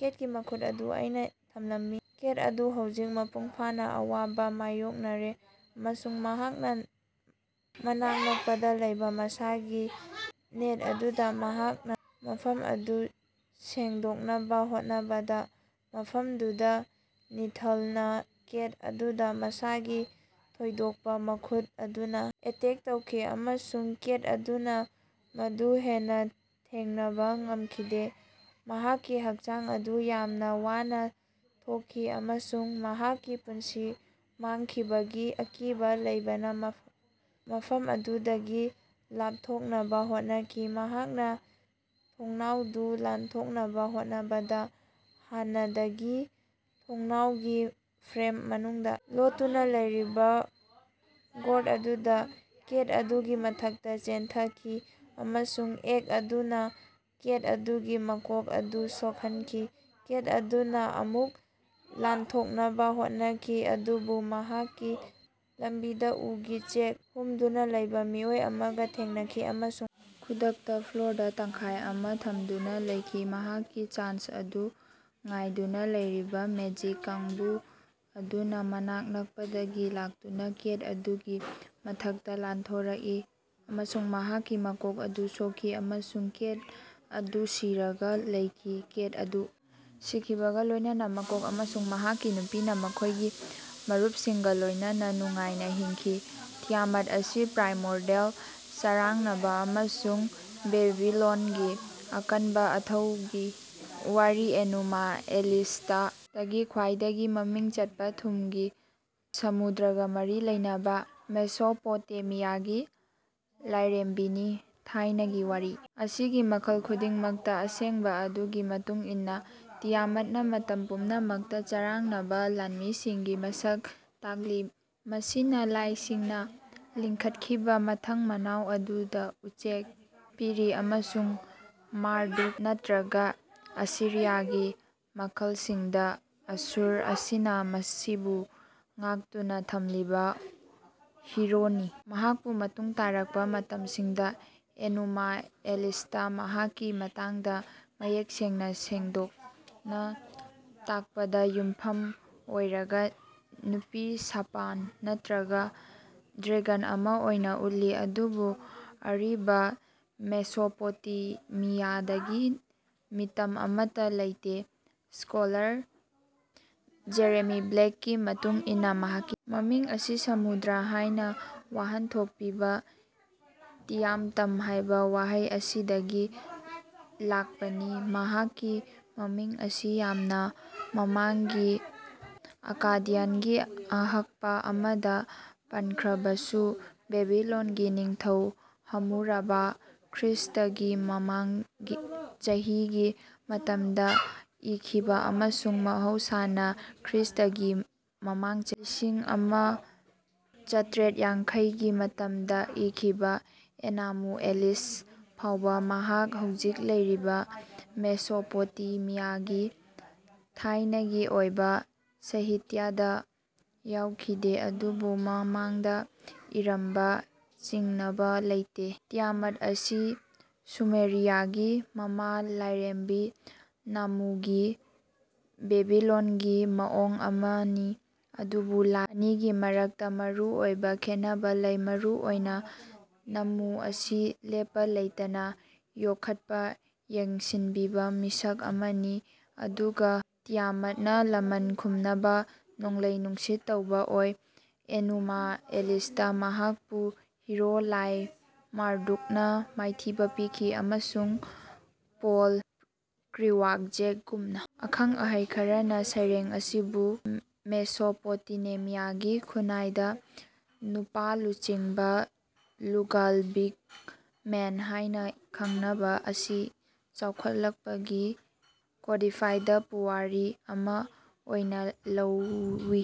ꯀꯦꯠꯀꯤ ꯃꯈꯨꯠ ꯑꯗꯨ ꯏꯅꯥ ꯊꯜꯂꯝꯃꯤ꯫ ꯀꯦꯠ ꯑꯗꯨ ꯍꯧꯖꯤꯛ ꯃꯄꯨꯡ ꯐꯥꯅꯥ ꯑꯋꯥꯕꯥ ꯃꯥꯌꯣꯛꯅꯔꯦ ꯑꯃꯁꯨꯡ ꯃꯍꯥꯛꯅꯥ ꯃꯅꯥꯛ ꯅꯛꯄꯗꯥ ꯂꯩꯕꯥ ꯃꯁꯥꯒꯤ ꯅꯦꯠ ꯑꯗꯨꯅꯥ ꯃꯍꯥꯛꯀꯤ ꯃꯐꯝ ꯑꯗꯨ ꯁꯦꯡꯗꯣꯛꯅꯕꯥ ꯍꯣꯠꯅꯕꯗꯥ ꯃꯐꯝꯗꯨꯗꯥ ꯅꯤꯗꯜꯅꯥ ꯀꯦꯠ ꯑꯗꯨꯗꯥ ꯃꯁꯥꯒꯤ ꯊꯣꯏꯗꯣꯛꯄꯥ ꯃꯈꯨꯠ ꯑꯗꯨꯅꯥ ꯑꯦꯇꯦꯛ ꯇꯧꯈꯤ ꯑꯃꯁꯨꯡ ꯀꯦꯠ ꯑꯗꯨꯅꯥ ꯃꯗꯨ ꯍꯦꯟꯅꯥ ꯊꯦꯡꯅꯕꯥ ꯉꯝꯈꯤꯗꯦ꯫ ꯃꯍꯥꯛꯀꯤ ꯍꯛꯆꯥꯡ ꯑꯗꯨ ꯌꯥꯝꯅꯥ ꯋꯥꯅꯥ ꯊꯣꯛꯈꯤ ꯑꯃꯁꯨꯡ ꯃꯍꯥꯛꯀꯤ ꯄꯨꯟꯁꯤ ꯃꯥꯡꯈꯤꯕꯒꯤ ꯑꯀꯤꯕꯥ ꯂꯩꯕꯅꯥ ꯃꯐꯝ ꯑꯗꯨꯗꯒꯤ ꯂꯥꯞꯊꯣꯛꯅꯕꯥ ꯍꯣꯠꯅꯈꯤ꯫ ꯃꯍꯥꯛꯅꯥ ꯊꯣꯡꯅꯥꯎꯗꯨ ꯂꯥꯟꯊꯣꯛꯅꯕꯥ ꯍꯣꯠꯅꯕꯗꯥ ꯍꯥꯟꯅꯗꯒꯤ ꯊꯣꯡꯅꯥꯎꯒꯤ ꯐ꯭ꯔꯦꯝ ꯃꯅꯨꯡꯗꯥ ꯂꯣꯠꯇꯨꯅꯥ ꯂꯩꯔꯤꯕꯥ ꯒꯣꯔꯗ ꯑꯗꯨꯅꯥ ꯀꯦꯠ ꯑꯗꯨꯒꯤ ꯃꯊꯛꯇꯥ ꯆꯦꯟꯊꯈꯤ ꯑꯃꯁꯨꯡ ꯑꯦꯛ ꯑꯗꯨꯅꯥ ꯀꯦꯠ ꯑꯗꯨꯒꯤ ꯃꯀꯣꯛ ꯑꯗꯨ ꯁꯣꯛꯍꯟꯈꯤ꯫ ꯀꯦꯠ ꯑꯗꯨꯅꯥ ꯑꯃꯨꯛ ꯂꯥꯟꯊꯣꯛꯅꯕꯥ ꯍꯣꯠꯅꯈꯤ ꯑꯗꯨꯕꯨ ꯃꯍꯥꯛꯀꯤ ꯂꯝꯕꯤꯗꯥ ꯎꯒꯤ ꯆꯦꯡ ꯍꯨꯝꯗꯨꯅꯥ ꯂꯩꯕꯥ ꯃꯤꯑꯣꯏ ꯑꯃꯒꯥ ꯊꯦꯡꯅꯈꯤ ꯑꯃꯁꯨꯡ ꯈꯨꯗꯛꯇꯥ ꯐ꯭ꯂꯣꯔꯗꯥ ꯇꯪꯈꯥꯏ ꯑꯃꯥ ꯊꯝꯗꯨꯅꯥ ꯂꯩꯈꯤ꯫ ꯃꯍꯥꯛꯀꯤ ꯆꯥꯟꯁ ꯑꯗꯨ ꯉꯥꯏꯗꯨꯅꯥ ꯂꯩꯔꯤꯕꯥ ꯃꯦꯖꯤꯛ ꯀꯥꯡꯕꯨ ꯑꯗꯨꯅꯥ ꯃꯅꯥꯛ ꯅꯛꯄꯗꯒꯤ ꯂꯥꯛꯇꯨꯅꯥ ꯀꯦꯠ ꯑꯗꯨꯒꯤ ꯃꯊꯛꯇꯥ ꯂꯥꯟꯊꯣꯔꯛꯏ ꯑꯃꯁꯨꯡ ꯃꯍꯥꯛꯀꯤ ꯃꯀꯣꯛ ꯑꯗꯨ ꯁꯣꯛꯈꯤ ꯑꯃꯁꯨꯡ ꯀꯦꯠ ꯑꯗꯨ ꯁꯤꯔꯒꯥ ꯂꯩꯈꯤ꯫ ꯀꯦꯠ ꯑꯗꯨ ꯁꯤꯈꯤꯕꯒꯥ ꯂꯣꯏꯅꯅꯥ ꯃꯀꯣꯛ ꯑꯃꯁꯨꯡ ꯃꯍꯥꯛꯀꯤ ꯅꯨꯄꯤꯅꯥ ꯃꯈꯣꯏꯒꯤ ꯃꯔꯨꯞꯁꯤꯡꯒꯥ ꯂꯣꯏꯅꯅꯥ ꯅꯨꯡꯉꯥꯏꯅꯥ ꯍꯤꯡꯈꯤ꯫ ꯇꯤꯌꯥꯃꯠ ꯑꯁꯤ ꯄ꯭ꯔꯥꯏꯃꯣꯔꯗꯤꯌꯦꯜ ꯆꯔꯥꯡꯅꯕ ꯑꯃꯁꯨꯡ ꯕꯦꯕꯤꯂꯣꯟꯒꯤ ꯑꯀꯟ ꯑꯊꯧꯒꯤ ꯋꯥꯔꯤ ꯑꯦꯅꯨꯃꯥ ꯑꯦꯂꯤꯁꯇꯒꯤ ꯈ꯭ꯋꯥꯏꯗꯒꯤ ꯃꯃꯤꯡ ꯆꯠꯄ ꯊꯨꯝꯒꯤ ꯁꯃꯨꯗ꯭ꯔꯒ ꯃꯔꯤ ꯂꯩꯅꯕ ꯃꯦꯁꯣꯄꯣꯇꯦꯃꯤꯌꯥꯒꯤ ꯂꯥꯏꯔꯦꯝꯕꯤꯅꯤ꯫ ꯊꯥꯏꯅꯒꯤ ꯋꯥꯔꯤ ꯑꯁꯤꯒꯤ ꯃꯈꯜ ꯈꯨꯗꯤꯡꯃꯛꯇ ꯑꯁꯦꯡꯕ ꯑꯗꯨꯒꯤ ꯃꯇꯨꯡ ꯏꯟꯅ ꯇꯤꯌꯥꯃꯠꯅ ꯃꯇꯝ ꯄꯨꯝꯅꯃꯛꯇ ꯆꯔꯥꯡꯅꯕ ꯂꯥꯟꯃꯤꯁꯤꯡꯒꯤ ꯃꯁꯛ ꯇꯥꯛꯂꯤ ꯃꯁꯤꯅ ꯂꯥꯏꯁꯤꯡꯅ ꯂꯤꯡꯈꯠꯈꯤꯕ ꯃꯊꯪ ꯃꯅꯥꯎ ꯑꯗꯨꯗ ꯆꯩꯊꯦꯡ ꯄꯤꯔꯤ ꯑꯃꯁꯨꯡ ꯃꯥꯔꯗꯨꯛ ꯅꯠꯇ꯭ꯔꯒ ꯑꯁꯤꯔꯤꯌꯥꯒꯤ ꯃꯈꯜꯁꯤꯡꯗ ꯑꯁꯨꯔ ꯑꯁꯤꯅ ꯃꯁꯤꯕꯨ ꯉꯥꯛꯇꯨꯅ ꯊꯝꯂꯤꯕ ꯍꯤꯔꯣꯅꯤ꯫ ꯃꯍꯥꯛꯄꯨ ꯃꯇꯨꯡ ꯇꯥꯔꯛꯄ ꯃꯇꯝꯁꯤꯡꯗ ꯑꯦꯅꯨꯃꯥ ꯑꯦꯂꯤꯁꯇ ꯃꯍꯥꯛꯀꯤ ꯃꯇꯥꯡꯗ ꯃꯌꯦꯛ ꯁꯦꯡꯅ ꯁꯟꯗꯣꯛꯅ ꯇꯥꯛꯄꯗ ꯌꯨꯝꯐꯝ ꯑꯣꯏꯔꯒ ꯅꯨꯄꯤ ꯁꯥꯄꯟ ꯅꯠꯇ꯭ꯔꯒ ꯗ꯭ꯔꯦꯒꯟ ꯑꯃ ꯑꯣꯏꯅ ꯎꯠꯂꯤ ꯑꯗꯨꯕꯨ ꯑꯔꯤꯕ ꯃꯦꯁꯣꯄꯣꯇꯦꯃꯤꯌꯥꯗꯒꯤ ꯃꯤꯇꯝ ꯑꯃꯠꯇ ꯂꯩꯇꯦ꯫ ꯁ꯭ꯀꯣꯂꯔ ꯖꯦꯔꯦꯃꯤ ꯕ꯭ꯂꯦꯛꯀꯤ ꯃꯇꯨꯡ ꯏꯟꯅ ꯃꯍꯥꯛꯀꯤ ꯃꯃꯤꯡ ꯑꯁꯤ ꯁꯃꯨꯗ꯭ꯔ ꯍꯥꯏꯅ ꯋꯥꯍꯟꯊꯣꯛ ꯄꯤꯕ ꯇꯤꯌꯥꯝꯇꯝ ꯍꯥꯏꯕ ꯋꯥꯍꯩ ꯑꯁꯤꯗꯒꯤ ꯂꯥꯛꯄꯅꯤ꯫ ꯃꯍꯥꯛꯀꯤ ꯃꯃꯤꯡ ꯑꯁꯤ ꯌꯥꯝꯅ ꯃꯃꯥꯡꯒꯤ ꯑꯛꯀꯥꯗꯤꯌꯟꯒꯤ ꯑꯍꯛꯄ ꯑꯃꯗ ꯄꯟꯈ꯭ꯔꯕꯁꯨ, ꯕꯦꯕꯤꯂꯣꯟꯒꯤ ꯅꯤꯡꯊꯧ ꯍꯝꯃꯨꯔꯥꯕꯤ ꯈ꯭ꯔꯤꯁ꯭ꯇꯒꯤ ꯃꯃꯥꯡ ꯆꯍꯤꯒꯤ ꯃꯇꯝꯗ ꯏꯈꯤꯕ ꯑꯃꯁꯨꯡ ꯃꯍꯧꯁꯥꯅ ꯈ꯭ꯔꯤꯁ꯭ꯇꯒꯤ ꯃꯃꯥꯡ ꯆꯍꯤ ꯂꯤꯁꯤꯡ ꯑꯃ ꯆꯥꯇ꯭ꯔꯦꯠ ꯌꯥꯡꯈꯩꯒꯤ ꯃꯇꯝꯗ ꯏꯈꯤꯕ ꯑꯦꯅꯨꯃꯥ ꯑꯦꯂꯤꯁ ꯐꯥꯎꯕ ꯃꯍꯥꯛ ꯍꯧꯖꯤꯛ ꯂꯩꯔꯤꯕ ꯃꯦꯁꯣꯄꯣꯇꯦꯃꯤꯌꯥꯒꯤ ꯊꯥꯏꯅꯒꯤ ꯑꯣꯏꯕ ꯁꯥꯍꯤꯇ꯭ꯌꯗ ꯌꯥꯎꯈꯤꯗꯦ ꯑꯗꯨꯕꯨ ꯃꯃꯥꯡꯗ ꯏꯔꯝꯕ ꯆꯤꯡꯅꯕ ꯂꯩꯇꯦ꯫ ꯇꯤꯌꯥꯃꯠ ꯑꯁꯤ ꯁꯨꯃꯦꯔꯤꯌꯥꯒꯤ ꯃꯃꯥ ꯂꯥꯏꯔꯦꯝꯕꯤ ꯅꯥꯝꯃꯨꯒꯤ ꯕꯦꯕꯤꯂꯣꯟꯒꯤ ꯃꯑꯣꯡ ꯑꯃꯅꯤ ꯑꯗꯨꯕꯨ ꯂꯥꯏ ꯑꯅꯤꯒꯤ ꯃꯔꯛꯇ ꯃꯔꯨꯑꯣꯏꯕ ꯈꯦꯠꯅꯕ ꯂꯩ ꯃꯔꯨꯑꯣꯏꯅ ꯅꯝꯃꯨ ꯑꯁꯤ ꯂꯦꯞꯄ ꯂꯩꯇꯅ ꯌꯣꯛꯈꯠꯄ ꯌꯦꯡꯁꯤꯟꯕꯤꯕ ꯃꯤꯁꯛ ꯑꯃꯅꯤ ꯑꯗꯨꯒ ꯇꯤꯌꯥꯃꯠꯅ ꯂꯃꯟ ꯈꯨꯝꯅꯕ ꯅꯣꯡꯂꯩ ꯅꯨꯡꯁꯤꯠ ꯇꯧꯕ ꯑꯣꯏ꯫ ꯑꯦꯅꯨꯃꯥ ꯑꯦꯂꯤꯁꯇ ꯃꯍꯥꯛꯄꯨ ꯍꯤꯔꯣ ꯂꯥꯏ ꯃꯥꯔꯗꯨꯛꯅ ꯃꯥꯏꯊꯤꯕ ꯄꯤꯈꯤ ꯑꯃꯁꯨꯡ ꯄꯣꯜ ꯀ꯭ꯔꯤꯋꯥꯛꯖꯦꯛꯒꯨꯝꯕ ꯑꯈꯪ ꯑꯍꯩ ꯈꯔꯅ ꯁꯩꯔꯦꯡ ꯑꯁꯤꯕꯨ ꯃꯦꯁꯣꯄꯣꯇꯦꯃꯤꯌꯥꯒꯤ ꯈꯨꯟꯅꯥꯏꯗ ꯅꯨꯄꯥ ꯂꯨꯆꯤꯡꯕ ꯂꯨꯒꯥꯜ ꯕꯤꯒ ꯃꯦꯟ ꯍꯥꯏꯅ ꯈꯪꯅꯕ ꯑꯁꯤ ꯆꯥꯎꯈꯠꯂꯛꯄꯒꯤ ꯀꯣꯗꯤꯐꯥꯏꯗ ꯄꯨꯋꯥꯔꯤ ꯑꯃ ꯑꯣꯏꯅ ꯂꯧꯋꯤ꯫